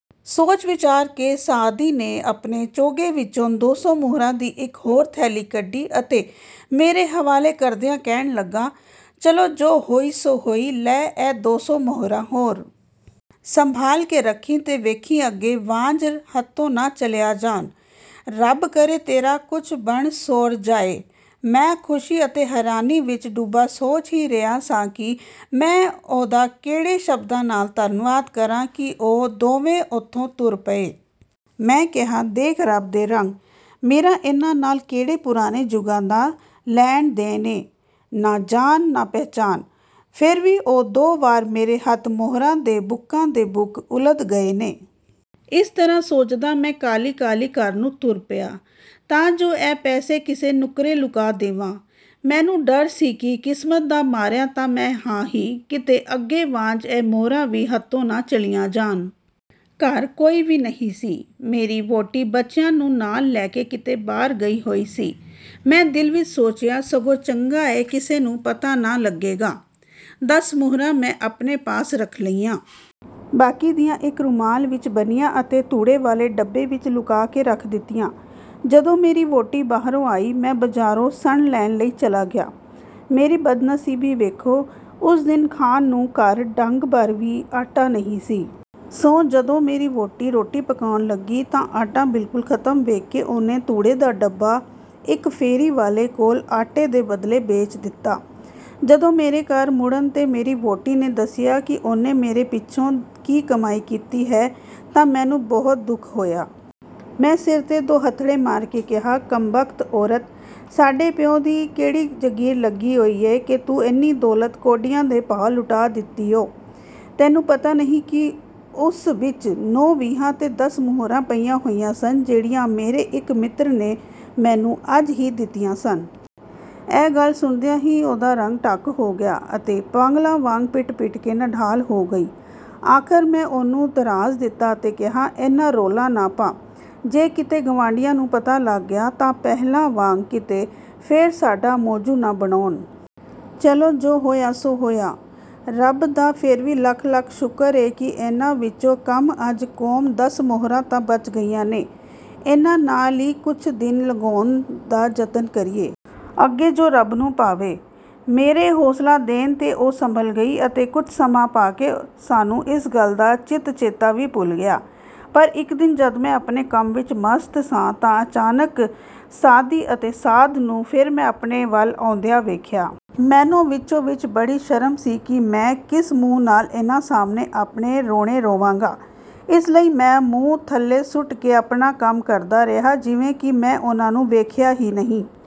ਸੋਚ ਵਿਚਾਰ ਕੇ ਸਾਆਦੀ ਨੇ ਆਪਣੇ ਚੋਗੇ ਵਿਚੋਂ ਦੋ ਸੌ ਮੁਹਰਾਂ ਦੀ ਇਕ ਹੋਰ ਥੈਲੀ ਕੱਢੀ ਅਤੇ ਮੇਰੇ ਹਵਾਲੇ ਕਰਦਿਆਂ ਕਹਿਣ ਲੱਗਾ, "ਚਲੋ ਜੋ ਹੋਈ ਸੋ ਹੋਈ। ਲੈ ਇਹ ਦੋ ਸੌ ਮੁਹਰਾਂ ਹੋਰ। ਸੰਭਾਲ ਕੇ ਰਖੀਂ ਤੇ ਵੇਖੀਂ ਅਗੇ ਵਾਂਙ ਹੱਥੋਂ ਨਾ ਚਲੀਆਂ ਜਾਣ। ਰੱਬ ਕਰੇ ਤੇਰਾ ਕੁਝ ਬਣ ਸੌਰ ਜਾਏ! " ਮੈਂ ਖ਼ੁਸ਼ੀ ਅਤੇ ਹੈਰਾਨੀ ਵਿਚ ਡੁੱਬਾ ਸੋਚ ਹੀ ਰਿਹਾ ਸਾਂ ਕਿ ਮੈਂ ਉਹਦਾ ਕਿਹੜੇ ਸ਼ਬਦਾਂ ਨਾਲ ਧੰਨਵਾਦ ਕਰਾਂ ਕਿ ਉਹ ਦੋਵੇਂ ਉਥੋਂ ਤੁਰ ਪਏ। ਮੈਂ ਕਿਹਾ, ਦੇਖ ਰਬ ਦੇ ਰੰਗ! ਮੇਰਾ ਇਹਨਾਂ ਨਾਲ ਕਿਹੜੇ ਪੁਰਾਣੇ ਜੁਗਾਂ ਦਾ ਲੈਣ ਦੇਣ ਏ! ਨਾ ਜਾਣ, ਨਾ ਪਛਾਣ, ਫੇਰ ਵੀ ਉਹ ਦੋ ਵਾਰ ਮੇਰੇ ਹੱਥ ਮੁਹਰਾਂ ਦੇ ਬੁੱਕਾਂ ਦੇ ਬੁੱਕ ਉਲੱਦ ਗਏ ਨੇ! " ਇਸ ਤਰ੍ਹਾਂ ਸੋਚਦਾ ਮੈਂ ਕਾਹਲੀ ਕਾਹਲੀ ਘਰ ਨੂੰ ਤੁਰ ਪਿਆ ਤਾਂ ਜੋ ਇਹ ਪੈਸੇ ਕਿਸੇ ਨੁੱਕਰੇ ਲੁਕਾ ਦੇਵਾਂ। ਮੈਨੂੰ ਡਰ ਸੀ ਕਿ ਕਿਸਮਤ ਦਾ ਮਾਰਿਆ ਤਾਂ ਮੈਂ ਹਾਂ ਹੀ, ਕਿਤੇ ਅੱਗੇ ਵਾਂਙ ਇਹ ਮੁਹਰਾਂ ਵੀ ਹੱਥੋਂ ਨ ਚਲੀਆਂ ਜਾਣ। ਘਰ ਕੋਈ ਵੀ ਨਹੀਂ ਸੀ। ਮੇਰੀ ਵਹੁਟੀ ਬੱਚਿਆਂ ਨੂੰ ਨਾਲ ਲੈ ਕੇ ਕਿਤੇ ਬਾਹਰ ਗਈ ਹੋਈ ਸੀ। ਮੈਂ ਦਿਲ ਵਿਚ ਸੋਚਿਆ, ਸਗੋਂ ਚੰਗਾ ਏ ਕਿਸੇ ਨੂੰ ਪਤਾ ਤਾਂ ਨ ਲਗੇਗਾ! ਦਸ ਮੁਹਰਾਂ ਮੈਂ ਆਪਣੇ ਪਾਸ ਰਖ ਲਈਆਂ। ਬਾਕੀ ਦੀਆਂ ਇਕ ਰੁਮਾਲ ਵਿਚ ਬੰਨ੍ਹੀਆਂ ਅਤੇ ਧੂੜੇ ਵਾਲੇ ਡੱਬੇ ਵਿਚ ਲੁਕਾ ਕੇ ਰੱਖ ਦਿੱਤੀਆਂ। ਜਦੋਂ ਮੇਰੀ ਵਹੁਟੀ ਬਾਹਰੋਂ ਆਈ, ਮੈਂ ਬਜ਼ਾਰੋਂ ਸਣ ਲੈਣ ਲਈ ਚਲਾ ਗਿਆ। ਮੇਰੀ ਬਦਨਸੀਬੀ ਵੇਖੋ! ਉਸ ਦਿਨ ਖਾਣ ਨੂੰ ਘਰ ਡੰਗ ਭਰ ਵੀ ਆਟਾ ਨਹੀਂ ਸੀ। ਸੋ ਜਦੋਂ ਮੇਰੀ ਵਹੁਟੀ ਰੋਟੀ ਪਕਾਉਣ ਲੱਗੀ ਤਾਂ ਆਟਾ ਬਿਲਕੁਲ ਖ਼ਤਮ ਵੇਖ ਕੇ ਉਹਨੇ ਧੂੜੇ ਦਾ ਡੱਬਾ ਇਕ ਫੇਰੀ ਵਾਲੇ ਕੋਲ ਆਟੇ ਦੇ ਬਦਲੇ ਵੇਚ ਦਿੱਤਾ। ਜਦੋਂ ਮੇਰੇ ਘਰ ਮੁੜਨ ਤੇ ਮੇਰੀ ਵਹੁਟੀ ਨੇ ਦਸਿਆ ਕਿ ਉਹਨੇ ਮੇਰੇ ਪਿਛੋਂ ਕੀ ਕਮਾਈ ਕੀਤੀ ਹੈ ਤਾਂ ਮੈਨੂੰ ਬਹੁਤ ਦੁਖ ਹੋਇਆ। ਮੈਂ ਸਿਰ ਤੇ ਦੋਹੱਥੜੇ ਮਾਰ ਕੇ ਕਿਹਾ, "ਕਮਬਖ਼ਤ ਔਰਤ! ਸਾਡੇ ਪਿਉ ਦੀ ਕਿਹੜੀ ਜਗੀਰ ਲੱਗੀ ਹੋਈ ਏ ਕਿ ਤੂੰ ਐਨੀ ਦੌਲਤ ਕੌਡੀਆਂ ਦੇ ਭਾਅ ਲੁਟਾ ਦਿੱਤੀ ਊ। ਤੈਨੂੰ ਪਤਾ ਨਹੀਂ ਕਿ ਉਸ ਵਿਚ ਨੌ ਵੀਹਾਂ ਤੇ ਦਸ ਮੁਹਰਾਂ ਪਈਆਂ ਹੋਈਆਂ ਸਨ ਜਿਹੜੀਆਂ ਮੇਰੇ ਇਕ ਮਿੱਤਰ ਨੇ ਮੈਨੂੰ ਅੱਜ ਈ ਦਿੱਤੀਆਂ ਸਨ! " ਇਹ ਗੱਲ ਸੁਣਦਿਆਂ ਹੀ ਉਹਦਾ ਰੰਗ ਫੱਕ ਹੋ ਗਿਆ ਅਤੇ ਪਾਗਲਾਂ ਵਾਂਙ ਪਿਟ ਪਿਟ ਕੇ ਨਢਾਲ ਹੋ ਗਈ। ਆਖ਼ਰ ਮੈਂ ਉਹਨੂੰ ਧਰਾਸ ਦਿਤਾ ਅਤੇ ਕਿਹਾ, "ਐਨਾ ਰੌਲਾ ਨਾ ਪਾ। ਜੇ ਕਿਤੇ ਗਵਾਂਢੀਆਂ ਨੂੰ ਪਤਾ ਲੱਗ ਗਿਆ ਤਾਂ ਪਹਿਲਾਂ ਵਾਂਙ ਕਿਤੇ ਫੇਰ ਸਾਡਾ ਮੌਜੂ ਨ ਬਣਾਉਣ। ਚਲੋ ਜੋ ਹੋਇਆ ਸੋ ਹੋਇਆ! ਰੱਬ ਦਾ ਫੇਰ ਵੀ ਲੱਖ ਲੱਖ ਸ਼ੁਕਰ ਏ ਕਿ ਇਹਨਾਂ ਵਿੱਚੋਂ ਕਮ ਅਜ਼ ਕੋਮ ਦਸ ਮੁਹਰਾਂ ਤਾਂ ਬਚ ਗਈਆਂ ਨੇ। ਇਹਨਾਂ ਨਾਲ ਈ ਕੁਝ ਦਿਨ ਲੰਘਾਉਣ ਦਾ ਯਤਨ ਕਰੀਏ। ਅਗੇ ਜੋ ਰੱਬ ਨੂੰ ਭਾਵੇ! " ਮੇਰੇ ਹੌਸਲਾ ਦੇਣ ਤੇ ਉਹ ਸੰਭਲ ਗਈ ਅਤੇ ਕੁਝ ਸਮਾਂ ਪਾ ਕੇ ਸਾਨੂੰ ਇਸ ਗਲ ਦਾ ਚਿਤ ਚੇਤਾ ਵੀ ਭੁਲ ਗਿਆ। ਪਰ ਇਕ ਦਿਨ ਜਦ ਮੈਂ ਆਪਣੇ ਕੰਮ ਵਿਚ ਮਸਤ ਸਾਂ ਤਾਂ ਅਚਾਨਕ ਸਾਅਦੀ ਅਤੇ ਸਾਅਦ ਨੂੰ ਫੇਰ ਮੈਂ ਆਪਣੇ ਵਲ ਆਉਂਦਿਆਂ ਵੇਖਿਆ। ਮੈਨੂੰ ਵਿੱਚੋ ਵਿਚ ਬੜੀ ਸ਼ਰਮ ਸੀ ਕਿ ਮੈਂ ਕਿਸ ਮੂੰਹ ਨਾਲ ਇਹਨਾਂ ਸਾਹਮਣੇ ਆਪਣੇ ਰੋਣੇ ਰੋਵਾਂਗਾ। ਇਸ ਲਈ ਮੈਂ ਮੂੰਹ ਥੱਲੇ ਸੁੱਟ ਕੇ ਆਪਣਾ ਕੰਮ ਕਰਦਾ ਰਿਹਾ ਜਿਵੇਂ ਕਿ ਮੈਂ ਉਹਨਾਂ ਨੂੰ ਵੇਖਿਆ ਹੀ ਨਹੀਂ।